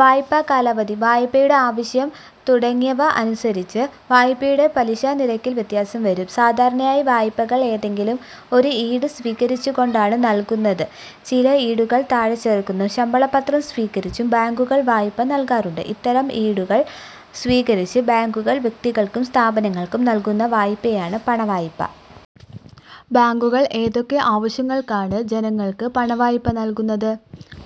വായ്പാകാലാവധി, വായ്പയുടെ ആവശ്യം തുടങ്ങിയവ അനുസരിച്ച് വായ്പയുടെ പലിശനിരക്കിൽ വ്യത്യാസം വരും. സാധാരണയായി വായ്പകൾ ഏതെങ്കിലും ഒരു ഈട് സ്വീകരിച്ചു കൊണ്ടാണ് നൽകുന്നത്. ചില ഈടുകൾ താഴെ ചേർക്കുന്നു. ശമ്പളപത്രം സ്വീകരിച്ചും ബാങ്കുകൾ വായ്പ നൽകാറുണ്ട്. ഇത്തരം ഈടുകൾ സ്വീകരിച്ച് ബാങ്കുകൾ വ്യക്തികൾക്കും സ്ഥാപ നങ്ങൾക്കും നൽകുന്ന വായ്പയാണ് പണവായ്പ. ബാങ്കുകൾ ഏതൊക്കെ ആവശ്യങ്ങൾക്കാണ് ജനങ്ങൾക്ക് പണവായ്പ നൽകുന്നത്?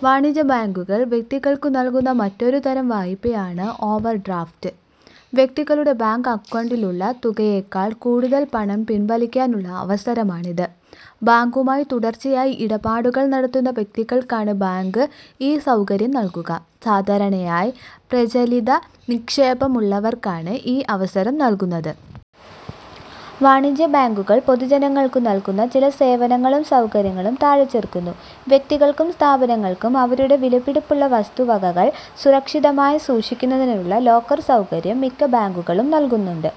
വാണിജ്യബാങ്കുകൾ വ്യക്തികൾക്കു നൽകുന്ന മറ്റൊരു തരം വായ്പയാണ് ഓവർഡ്രാഫ്റ്റ്. വ്യക്തികളുടെ ബാങ്ക് അക്കൗണ്ടിലുള്ള തുകയേക്കാൾ കൂടുതൽ പണം പിൻവലിക്കാനുള്ള അവസരമാണിത്. ബാങ്കുമായി തുടർച്ചയായി ഇടപാടുകൾ നടത്തുന്ന വ്യക്തികൾക്കാണ് ബാങ്ക് ഈ സൗകര്യം നൽകുക. സാധാരണയായി പ്രചലിത നിക്ഷേപമുള്ളവർക്കാണ് ഈ അവസരം നൽകുന്നത്. വാണിജ്യബാങ്കുകൾ പൊതുജനങ്ങൾക്കു നൽകുന്ന ചില സേവനങ്ങളും സൗകര്യങ്ങളും താഴെ ചേർക്കുന്നു. വ്യക്തികൾക്കും സ്ഥാപനങ്ങൾക്കും അവരുടെ വിലപിടിപ്പുള്ള വസ്തുവ കകൾ സുരക്ഷിതമായി സൂക്ഷിക്കുന്നതിനുള്ള ലോക്കർ സൗകര്യം മിക്ക ബാങ്കുകളും നൽകുന്നുണ്ട്.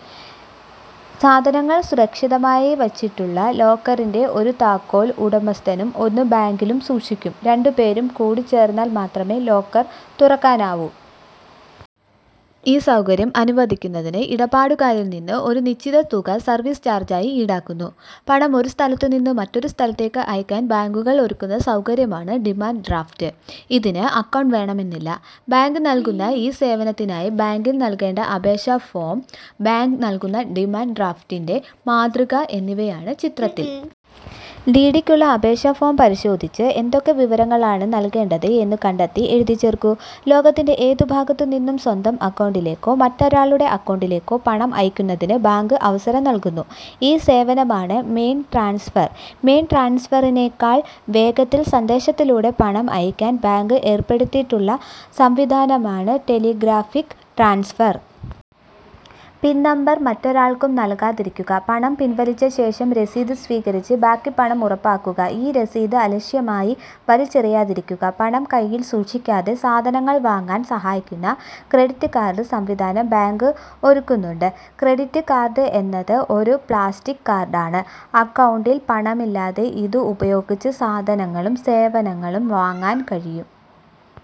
സാധനങ്ങൾ സുരക്ഷിതമായി വച്ചിട്ടുള്ള ലോക്കറിന്റെ ഒരു താക്കോൽ ഉടമസ്ഥനും ഒന്ന് ബാങ്കിലും സൂക്ഷിക്കും. രണ്ടുപേരും കൂടിച്ചേർന്നാൽ മാത്രമേ ലോക്കർ തുറക്കാനാവൂ. ഈ സൗകര്യം അനുവദിക്കുന്നതിന് ഇടപാടുകാരിൽനിന്ന് ഒരു നിശ്ചിത തുക സർവീസ് ചാർജായി ഈടാക്കുന്നു. പണം ഒരു സ്ഥലത്തുനിന്ന് മറ്റൊരു സ്ഥലത്തേക്ക് അയക്കാൻ ബാങ്കുകൾ ഒരുക്കുന്ന സൗകര്യമാണ് ഡിമാന്റ് ഡ്രാഫ്റ്റ്. ഇതിന് അക്കൗണ്ട് വേണമെന്നില്ല. ബാങ്ക് നൽകുന്ന ഈ സേവനത്തിനായി ബാങ്കിൽ നൽകേണ്ട അപേക്ഷാഫോം, ബാങ്ക് നൽകുന്ന ഡിമാന്റ് ഡ്രാഫ്റ്റിന്റെ മാതൃക എന്നിവയാണ് ചിത്രത്തിൽ. ഡി. ഡിക്കുള്ള അപേക്ഷാ ഫോം പരിശോധിച്ച് എന്തൊക്കെ വിവരങ്ങളാണ് നൽകേണ്ടത് എന്നു കണ്ടെത്തി എഴുതിച്ചേർക്കൂ. ലോകത്തിന്റെ ഏതു ഭാഗത്തു നിന്നും സ്വന്തം അക്കൗണ്ടിലേക്കോ മറ്റൊരാളുടെ അക്കൗണ്ടിലേക്കോ പണം അയക്കുന്നതിന് ബാങ്ക് അവസരം നൽകുന്നു. ഈ സേവനമാണ് മെയിൽ ട്രാൻസ്ഫർ. മെയിൽ ട്രാൻസ്ഫറിനേക്കാൾ വേഗത്തിൽ സന്ദേശത്തിലൂടെ പണം അയയ്ക്കാൻ ബാങ്ക് ഏർപ്പെടുത്തിയിട്ടുള്ള സംവിധാനമാണ് ടെലിഗ്രാഫിക് ട്രാൻസ്ഫർ. പിൻ നമ്പർ മറ്റൊരാൾക്കും നൽകാതിരിക്കുക. പണം പിൻവലിച്ചശേഷം രസീത് സ്വീകരിച്ച് ബാക്കി പണം ഉറപ്പാക്കുക. ഈ രസീത് അലക്ഷ്യമായി വലിച്ചെറിയാതിരിക്കുക. പണം കൈയിൽ സൂക്ഷിക്കാതെ സാധനങ്ങൾ വാങ്ങാൻ സഹായിക്കുന്ന ക്രെഡിറ്റ് കാർഡ് സംവിധാനം ബാങ്ക് ഒരുക്കുന്നുണ്ട്. ക്രെഡിറ്റ് കാർഡ് എന്നത് ഒരു പ്ലാസ്റ്റിക് കാർഡാണ്. അക്കൗണ്ടിൽ പണമില്ലാതെ ഇതുപയോഗിച്ച് സാധനങ്ങളും സേവനങ്ങളും വാങ്ങാൻ കഴിയും.